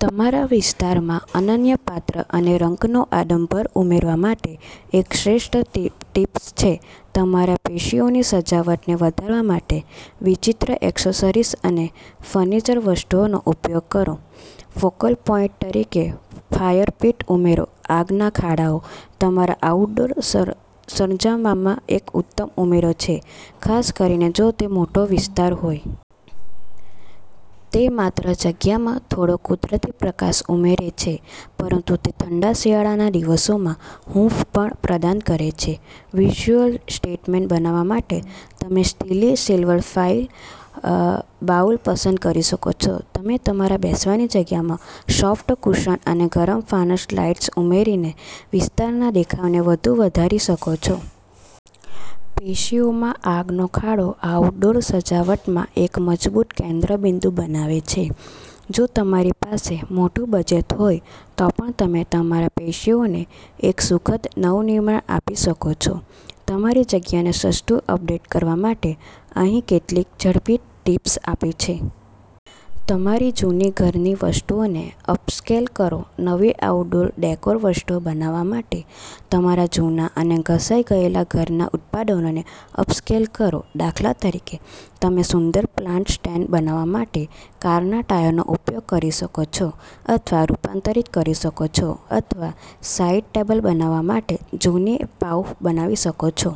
તમારા વિસ્તારમાં અનન્ય પાત્ર અને રંગનો આડંબર ઉમેરવા માટે એક શ્રેષ્ઠ ટીપ્સ છે. તમારા પેશિયોની સજાવટને વધારવા માટે વિચિત્ર એક્સેસરીઝ અને ફર્નિચર વસ્તુઓનો ઉપયોગ કરો. ફોકલ પોઈન્ટ તરીકે ફાયર પીટ ઉમેરો .આગના ખાડાઓ તમારા આઉટડોર સરંજામમાં એક ઉત્તમ ઉમેરો છે ખાસ કરીને જો તે મોટો વિસ્તાર હોય. તે માત્ર જગ્યામાં થોડો કુદરતી પ્રકાશ ઉમેરે છે પરંતુ તે ઠંડા શિયાળાના દિવસોમાં હૂંફ પણ પ્રદાન કરે છે. વિઝ્યુઅલ સ્ટેટમેન્ટ બનાવવા માટે તમે સ્ટીલી સિલ્વર ફાયર બાઉલ પસંદ કરી શકો છો. તમે તમારા બેસવાની જગ્યામાં સોફ્ટ કુશન અને ગરમ ફાનસ લાઇટ્સ ઉમેરીને વિસ્તારના દેખાવને વધુ વધારી શકો છો. પેશિયોમાં આગનો ખાડો આઉટડોર સજાવટમાં એક મજબૂત કેન્દ્રબિંદુ બનાવે છે. જો તમારી પાસે મોટું બજેટ હોય તો પણ તમે તમારા પેશિયોને એક સુખદ નવનિર્માણ આપી શકો છો. તમારી જગ્યાને સસ્તું અપડેટ કરવા માટે અહીં કેટલીક ઝડપી ટીપ્સ આપી છે. તમારી જૂની ઘરની વસ્તુઓને અપસ્કેલ કરો. નવી આઉટડોર ડેકોર વસ્તુઓ બનાવવા માટે તમારા જૂના અને ઘસાઈ ગયેલા ઘરના ઉત્પાદનોને અપસ્કેલ કરો. દાખલા તરીકે, તમે સુંદર પ્લાન્ટ સ્ટેન્ડ બનાવવા માટે કારના ટાયરનો ઉપયોગ કરી શકો છો અથવા રૂપાંતરિત કરી શકો છો અથવા સાઇડ ટેબલ બનાવવા માટે જૂની પાઉફ બનાવી શકો છો.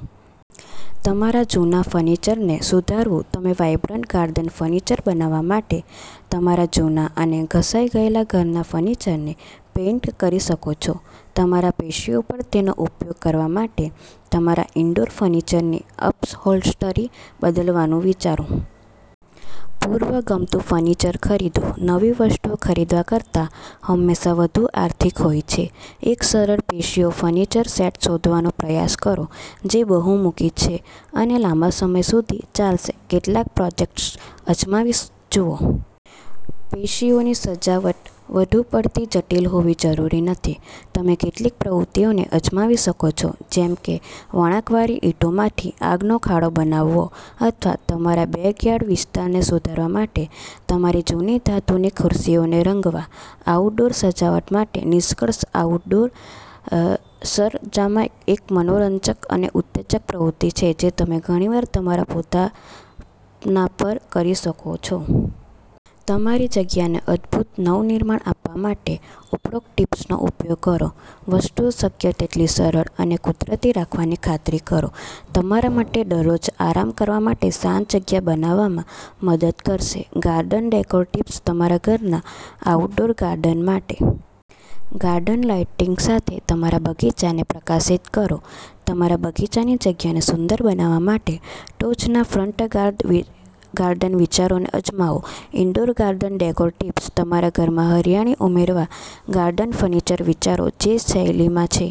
તમારા જૂના ફર્નિચરને સુધારવું તમે વાઇબ્રન્ટ ગાર્ડન ફર્નિચર બનાવવા માટે તમારા જૂના અને ઘસાઈ ગયેલા ઘરના ફર્નિચરને પેઇન્ટ કરી શકો છો. તમારા પેશિયો પર તેનો ઉપયોગ કરવા માટે તમારા ઇન્ડોર ફર્નિચરની અપહોલ્સ્ટરી બદલવાનું વિચારો. પૂર્વ ગમતું ફર્નિચર ખરીદો. નવી વસ્તુઓ ખરીદવા કરતાં હંમેશા વધુ આર્થિક હોય છે. એક સરળ પેશિયો ફર્નિચર સેટ શોધવાનો પ્રયાસ કરો જે બહુમુખી છે અને લાંબા સમય સુધી ચાલશે. કેટલાક પ્રોજેક્ટ્સ અજમાવી જુઓ. પેશિયોની સજાવટ વધુ પડતી જટિલ હોવી જરૂરી નથી. તમે કેટલીક પ્રવૃત્તિઓને અજમાવી શકો છો જેમ કે વળાંકવાળી ઇંટોમાંથી આગનો ખાડો બનાવવો અથવા તમારા બેકયાર્ડ વિસ્તારને સુધારવા માટે તમારી જૂની ધાતુની ખુરશીઓને રંગવા. આઉટડોર સજાવટ માટે નિષ્કર્ષ આઉટડોર સરંજામએક મનોરંજક અને ઉત્તેજક પ્રવૃત્તિ છે જે તમે ઘણીવાર તમારા પોતાના પર કરી શકો છો. તમારી જગ્યાને અદભૂત નવનિર્માણ આપવા માટે ઉપરોક્ત ટીપ્સનો ઉપયોગ કરો. વસ્તુઓ શક્ય તેટલી સરળ અને કુદરતી રાખવાની ખાતરી કરો. તમારા માટે દરરોજ આરામ કરવા માટે શાંત જગ્યા બનાવવામાં મદદ કરશે. ગાર્ડન ડેકોર ટિપ્સ તમારા ઘરના આઉટડોર ગાર્ડન માટે. ગાર્ડન લાઇટિંગ સાથે તમારા બગીચાને પ્રકાશિત કરો. તમારા બગીચાની જગ્યાને સુંદર બનાવવા માટે ટોચના ફ્રન્ટ ગાર્ડન વિચારોને અજમાવો. Indoor garden decor tips. તમારા ઘરમાં હરિયાળી ઉમેરવા ગાર્ડન ફર્નિચર વિચારો જે શૈલીમાં છે.